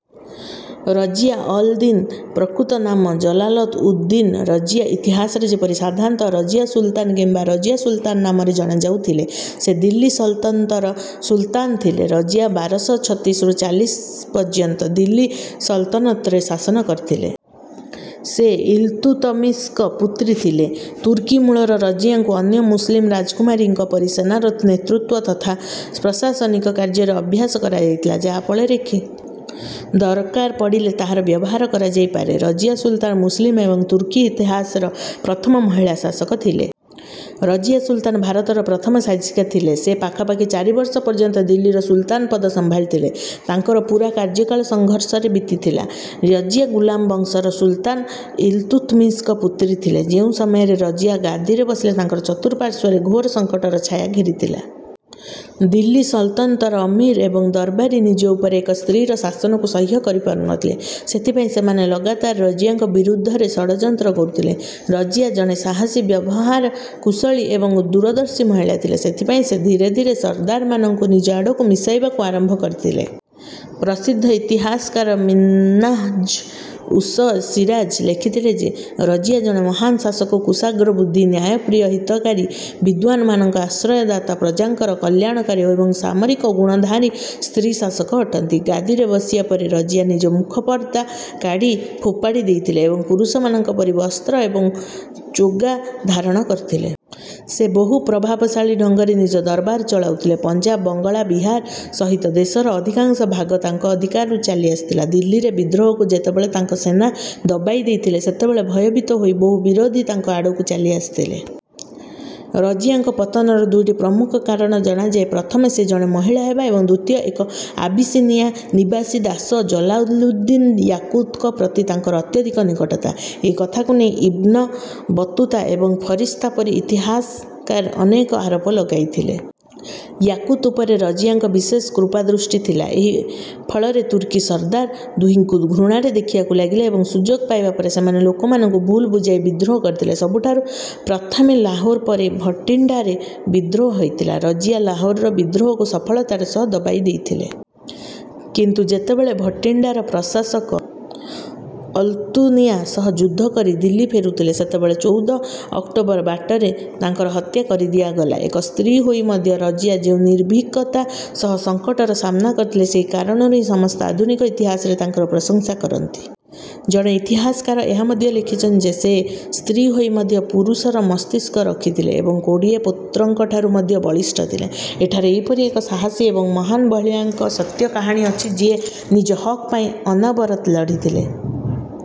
ରଜିୟା ଅଲ ଦିନ ପ୍ରକୃତ ନାମ ଜଲାଲତ ଉଦ ଦିନ ରଜିୟା ଇତିହାସରେ ଯେପରି ସାଧାରଣତଃ ରଜିୟା ସୁଲତାନ କିମ୍ବା ରଜିୟା ସୁଲତାନା ନାମରେ ଜଣାଯାଉଥିଲେ। ସେ ଦିଲ୍ଲୀ ସଲତନତର ସୁଲତାନ ଥିଲେ। ରଜିୟା ବାର ଶହ ଛତିଶରୁ ଚାଲିଶ ପର୍ଯ୍ୟନ୍ତ ଦିଲ୍ଲୀ ସଲତନତରେ ଶାସନ କରିଥିଲେ। ସେ ଇଲତୁତମିଶଙ୍କ ପୁତ୍ରୀ ଥିଲେ। ତୁର୍କୀ ମୂଳର ରଜିୟାଙ୍କୁ ଅନ୍ୟ ମୁସଲିମ ରାଜକୁମାରୀଙ୍କ ପରି ସେନାର ନେତୃତ୍ୱ ଥତା ପ୍ରଶାସନିକ କାର୍ଯ୍ୟରେ ଅଭ୍ୟାସ କରାଯାଇଥିଲା ଯାହାଫଳରେ କି ଦରକାର ପଡ଼ିଲେ ତାହାର ବ୍ୟବହାର କରାଯାଇପାରେ। ରଜିୟା ସୁଲତାନ ମୁସଲିମ ଏବଂ ତୁର୍କୀ ଇତିହାସର ପ୍ରଥମ ମହିଳା ଶାସକ ଥିଲେ। ରଜିୟା ସୁଲତାନ ଭାରତର ପ୍ରଥମ ଶାସିକା ଥିଲେ। ସେ ପାଖାପାଖି ଚାରି ବର୍ଷ ପର୍ଯ୍ୟନ୍ତ ଦିଲ୍ଲୀର ସୁଲତାନ ପଦ ସମ୍ଭାଳିଥିଲେ। ତାଙ୍କର ପୂରା କାର୍ଯ୍ୟକାଳ ସଂଘର୍ଷରେ ବିତିଥିଲା। ରଜିୟା ଗୁଲାମ ବଂଶର ସୁଲତାନ ଇଲତୁତମିଶଙ୍କ ପୁତ୍ରୀ ଥିଲେ। ଯେଉଁ ସମୟରେ ରଜିୟା ଗାଦିରେ ବସିଲେ ତାଙ୍କର ଚତୁର୍ପାର୍ଶ୍ୱରେ ଘୋର ସଂକଟର ଛାୟା ଘେରିଥିଲା। ଦିଲ୍ଲୀ ସଲତନତର ଅମୀର ଏବଂ ଦରବାରୀ ନିଜ ଉପରେ ଏକ ସ୍ତ୍ରୀର ଶାସନକୁ ସହ୍ୟ କରିପାରୁନଥିଲେ। ସେଥିପାଇଁ ସେମାନେ ଲଗାତାର ରଜିୟାଙ୍କ ବିରୁଦ୍ଧରେ ଷଡ଼ଯନ୍ତ୍ର କରୁଥିଲେ। ରଜିୟା ଜଣେ ସାହସୀ ବ୍ୟବହାର କୁଶଳୀ ଏବଂ ଦୂରଦର୍ଶୀ ମହିଳା ଥିଲେ। ସେଥିପାଇଁ ସେ ଧୀରେ ଧୀରେ ସରଦାରମାନଙ୍କୁ ନିଜ ଆଡ଼କୁ ମିଶାଇବାକୁ ଆରମ୍ଭ କରିଥିଲେ। ପ୍ରସିଦ୍ଧ ଇତିହାସକାର ମିନ୍ହାଜ ଉସ ସିରାଜ ଲେଖିଥିଲେ ଯେ ରଜିୟା ଜଣେ ମହାନ୍ ଶାସକ କୁଶାଗ୍ର ବୁଦ୍ଧି ନ୍ୟାୟପ୍ରିୟ ହିତକାରୀ ବିଦ୍ୱାନମାନଙ୍କ ଆଶ୍ରୟଦାତା ପ୍ରଜାଙ୍କର କଲ୍ୟାଣକାରୀ ଏବଂ ସାମରିକ ଗୁଣଧାରୀ ସ୍ତ୍ରୀ ଶାସକ ଅଟନ୍ତି। ଗାଦିରେ ବସିବା ପରେ ରଜିୟା ନିଜ ମୁଖ ପର୍ଦ୍ଦା କାଢ଼ି ଫୋପାଡ଼ି ଦେଇଥିଲେ ଏବଂ ପୁରୁଷମାନଙ୍କ ପରି ବସ୍ତ୍ର ଏବଂ ଚୋଗା ଧାରଣ କରିଥିଲେ। ସେ ବହୁ ପ୍ରଭାବଶାଳୀ ଢଙ୍ଗରେ ନିଜ ଦରବାର ଚଳାଉଥିଲେ। ପଞ୍ଜାବ ବଙ୍ଗଳା ବିହାର ସହିତ ଦେଶର ଅଧିକାଂଶ ଭାଗ ତାଙ୍କ ଅଧିକାରକୁ ଚାଲିଆସିଥିଲା। ଦିଲ୍ଲୀରେ ବିଦ୍ରୋହକୁ ଯେତେବେଳେ ତାଙ୍କ ସେନା ଦବାଇ ଦେଇଥିଲେ ସେତେବେଳେ ଭୟଭୀତ ହୋଇ ବହୁ ବିରୋଧୀ ତାଙ୍କ ଆଡ଼କୁ ଚାଲି ଆସିଥିଲେ। ରଜିୟାଙ୍କ ପତନର ଦୁଇଟି ପ୍ରମୁଖ କାରଣ ଜଣାଯାଏ। ପ୍ରଥମ ସେ ଜଣେ ମହିଳା ହେବା ଏବଂ ଦ୍ୱିତୀୟ ଏକ ଆବିସିନିଆ ନିବାସୀ ଦାସ ଜଲାଲୁଦ୍ଦିନ ୟାକୁତଙ୍କ ପ୍ରତି ତାଙ୍କର ଅତ୍ୟଧିକ ନିକଟତା। ଏହି କଥାକୁ ନେଇ ଇବ୍ନ ବତୂତା ଏବଂ ଫରିସ୍ତା ପରି ଇତିହାସକାର ଅନେକ ଆରୋପ ଲଗାଇଥିଲେ। ୟାକୁତ ଉପରେ ରଜିୟାଙ୍କ ବିଶେଷ କୃପାଦୃଷ୍ଟି ଥିଲା। ଏହା ଫଳରେ ତୁର୍କୀ ସରଦାର ଦୁହିଁଙ୍କୁ ଘୃଣାରେ ଦେଖିବାକୁ ଲାଗିଲେ ଏବଂ ସୁଯୋଗ ପାଇବା ପରେ ସେମାନେ ଲୋକମାନଙ୍କୁ ଭୁଲ୍ ବୁଝାଇ ବିଦ୍ରୋହ କରିଥିଲେ। ସବୁଠାରୁ ପ୍ରଥମେ ଲାହୋର ପରେ ଭଟିଣ୍ଡାରେ ବିଦ୍ରୋହ ହୋଇଥିଲା। ରଜିୟା ଲାହୋରର ବିଦ୍ରୋହକୁ ସଫଳତାର ସହ ଦବାଇଦେଇଥିଲେ। କିନ୍ତୁ ଯେତେବେଳେ ଭଟିଣ୍ଡାର ପ୍ରଶାସକ ଅଲ୍ତୁନିୟା ସହ ଯୁଦ୍ଧ କରି ଦିଲ୍ଲୀ ଫେରୁଥିଲେ ସେତେବେଳେ ଚୌଦ ଅକ୍ଟୋବର ବାଟରେ ତାଙ୍କର ହତ୍ୟା କରିଦିଆଗଲା। ଏକ ସ୍ତ୍ରୀ ହୋଇ ମଧ୍ୟ ରଜିୟା ଯେଉଁ ନିର୍ଭୀକତା ସହ ସଂକଟର ସାମ୍ନା କରିଥିଲେ ସେହି କାରଣରୁ ହିଁ ସମସ୍ତ ଆଧୁନିକ ଇତିହାସକାର ତାଙ୍କର ପ୍ରଶଂସା କରନ୍ତି। ଜଣେ ଇତିହାସକାର ଏହା ମଧ୍ୟ ଲେଖିଛନ୍ତି ଯେ ସେ ସ୍ତ୍ରୀ ହୋଇ ମଧ୍ୟ ପୁରୁଷର ମସ୍ତିଷ୍କ ରଖିଥିଲେ ଏବଂ କୋଡ଼ିଏ ପୁତ୍ରଙ୍କଠାରୁ ମଧ୍ୟ ବଳିଷ୍ଠ ଥିଲେ। ଏଠାରେ ଏହିପରି ଏକ ସାହସୀ ଏବଂ ମହାନ୍ ମହିଳାଙ୍କ ସତ୍ୟ କାହାଣୀ ଅଛି ଯିଏ ନିଜ ହକ୍ ପାଇଁ ଅନବରତ ଲଢ଼ିଥିଲେ।